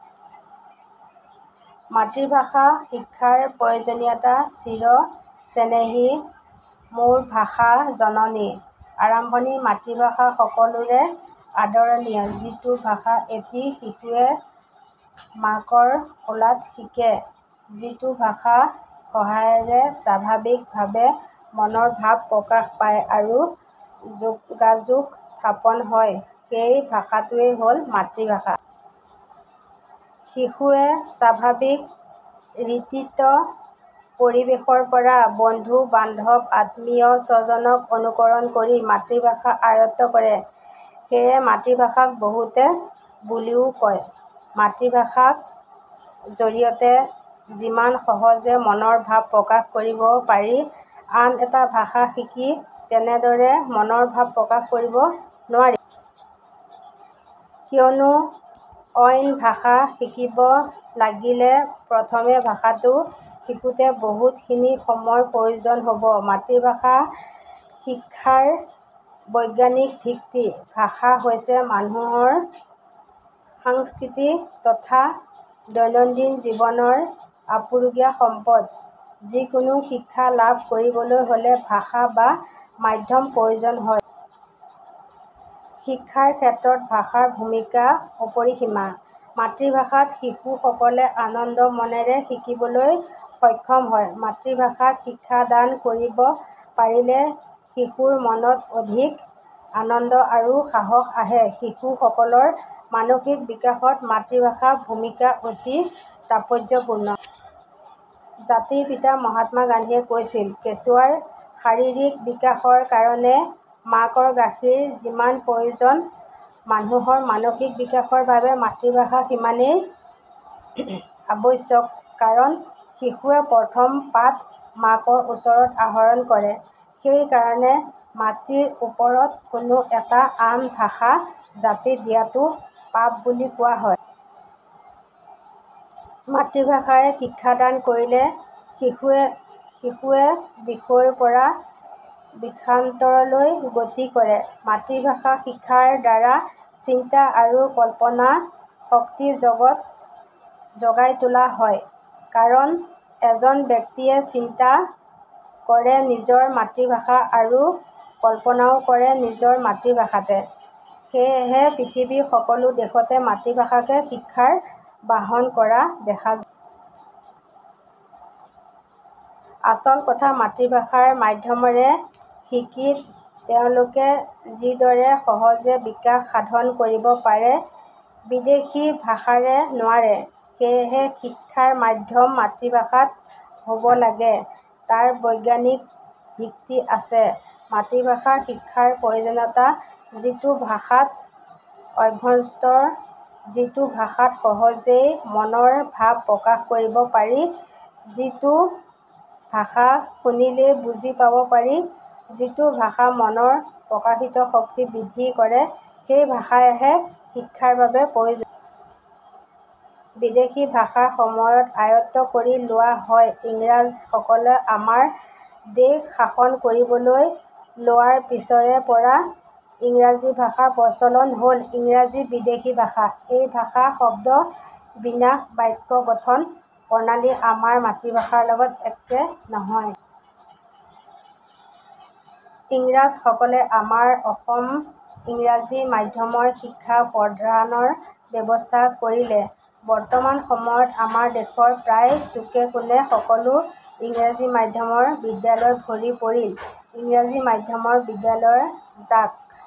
মাতৃভাষা শিক্ষাৰ প্ৰয়োজনীয়তা " চিৰ চেনেহী মোৰ ভাষা জননী" আৰম্ভণি – মাতৃভাষা সকলোৰে আদৰণীয়। যিটো ভাষা এটি শিশুৱে মাকৰ কোলাতে শিকে, যিটো ভাষাৰ সহায়েৰে স্বাভাৱিক ভাৱে মনৰ ভাৱ প্ৰকাশ পায় আৰু যোগাযোগ স্থাপন হয় সেই ভাষাটোৱে হল মাতৃভাষা। শিশুৱে স্বাভাৱিক ৰীতিত পৰিৱেশৰ পৰা, বন্ধু – বান্ধব, আত্মীয়স্বজক অনুকৰণ কৰি মাতৃভাষা আয়ত্ব কৰে। সেয়ে মাতৃভাষাক বহুতে বুলিও কয়। মাতৃভাষা জৰিয়তে যিমান সহজে মনৰ ভাৱ প্ৰকাশ কৰিব পাৰি আন এটা ভাষা শিকি তেনেদৰে মনৰ ভাৱ প্ৰকাশ কৰিব নোৱাৰি। কিয়নো অইন ভাষা শিকিব লাগিলে প্ৰথমে ভাষাটো শিকোতেই বহু খিনি সময়ৰ প্ৰয়োজন হব। মাতৃভাষা শিক্ষাৰ বৈজ্ঞানিক ভিত্তি – ভাষা হৈছে মানুহৰ সংস্কৃতি তথা দৈনন্দিন জীৱনৰ আপুৰুগীয়া সম্পদ। যিকোনো শিক্ষা লাভ কৰিবলৈ হলে ভাষা বা মাধ্যম প্ৰয়োজন হয়। শিক্ষাৰ ক্ষেত্ৰত ভাষাৰ ভূমিকা অপৰিসীম। মাতৃভাষাত শিশু সকলে আনন্দ মনেৰে শিকিবলৈ সক্ষম হয়। মাতৃভাষাত শিক্ষা দান কৰিব পাৰিলে শিশুৰ মনত অধিক আনন্দ আৰু সাহস আহে। শিশু সকলৰ মানসিক বিকাশত মাতৃভাষাৰ ভূমিকা অতি তাৎপৰ্যপূৰ্ণ। জাতিৰ পিতা মহাত্মা গান্ধীয়ে কৈছিল "কেঁচুৱাৰ শাৰীৰিক বিকাশৰ কাৰণে মাকৰ গাখীৰ যিমান প্ৰয়োজন, মানুহৰ মানসিক বিকাশৰ বাবে মাতৃভাষাৰো সিমানেই আৱশ্যক কাৰণ শিশুৱে প্ৰথম পাঠ মাকৰ ওচৰত আহৰণ কৰে। সেই কাৰণে মাতৃভাষাৰ ওপৰত কোনো এটা আন ভাষা জাপি দিয়াটো পাপ বুলি কোৱা হয়। " মাতৃভাষাৰে শিক্ষাদান কৰিলে শিশুৱে বিষয়ৰ পৰা বিষয়ান্তৰলৈ গতি কৰে। মাতৃভাষা শিক্ষাৰ দ্বাৰা চিন্তা আৰু কল্পনা শক্তি জগাই তোলা হয়। কাৰণ এজন ব্যক্তিয়ে চিন্তা কৰে নিজৰ মাতৃভাষাত আৰু কল্পনাও কৰে নিজৰ মাতৃভাষাতহে। সেইহে পৃথিৱীৰ সকলো দেশতে মাতৃভাষাকে শিক্ষাৰ বাহন কৰা দেখা যায়। আচল কথা মাতৃভাষাৰ মাধ্যমেৰে শিকি তেওঁলোকে যিদৰে সহজে বিকাশ সাধন কৰিব পাৰে বিদেশী ভাষাৰে নোৱাৰে। সেইহে শিক্ষাৰ মাধ্যম মাতৃভাষাত হব লাগে তাৰ বৈজ্ঞানিক ভিত্তি আছে। মাতৃভাষাৰ শিক্ষাৰ প্ৰয়োজনীয়তা – যিটো ভাষাত অভ্যস্ত, যিটো ভাষাত সহজেই মনৰ ভাৱ প্ৰকাশ কৰিব পাৰি, যিটো ভাষা শুনিলেই বুজি পাব পাৰি, যিটো ভাষাই মনৰ প্ৰকাশিত শক্তি বৃদ্ধি কৰে, সেই ভাষাহে শিক্ষাৰ বাবে প্ৰয়োজন। বিদেশী ভাষাৰ সময়ত আয়ত্ব কৰি লোৱা হয়। ইংৰাজ সকলে আমাৰ দেশ শাসন কৰিবলৈ লোৱাৰ পিছৰে পৰা ইংৰাজী ভাষাৰ প্ৰচলন হল। ইংৰাজী বিদেশী ভাষা। সেই ভাষা শব্দ বিন্যাস, বাক্য গঠন প্ৰণালী আমাৰ মাতৃভাষাৰ লগত একে নহয়। ইংৰাজ সকলে আমাৰ অসম ইংৰাজী মাধ্যমৰ শিক্ষাৰ প্ৰদানৰ ব্যৱস্থা কৰিলে। বৰ্তমান সময়ত আমাৰ দেশৰ প্ৰায় চুকে কোনে সকলোতে ইংৰাজী মাধ্যমৰ বিদ্যালয় ভৰি পৰিল। ইংৰাজী মাধ্যমৰ বিদ্যালয়ৰ জাক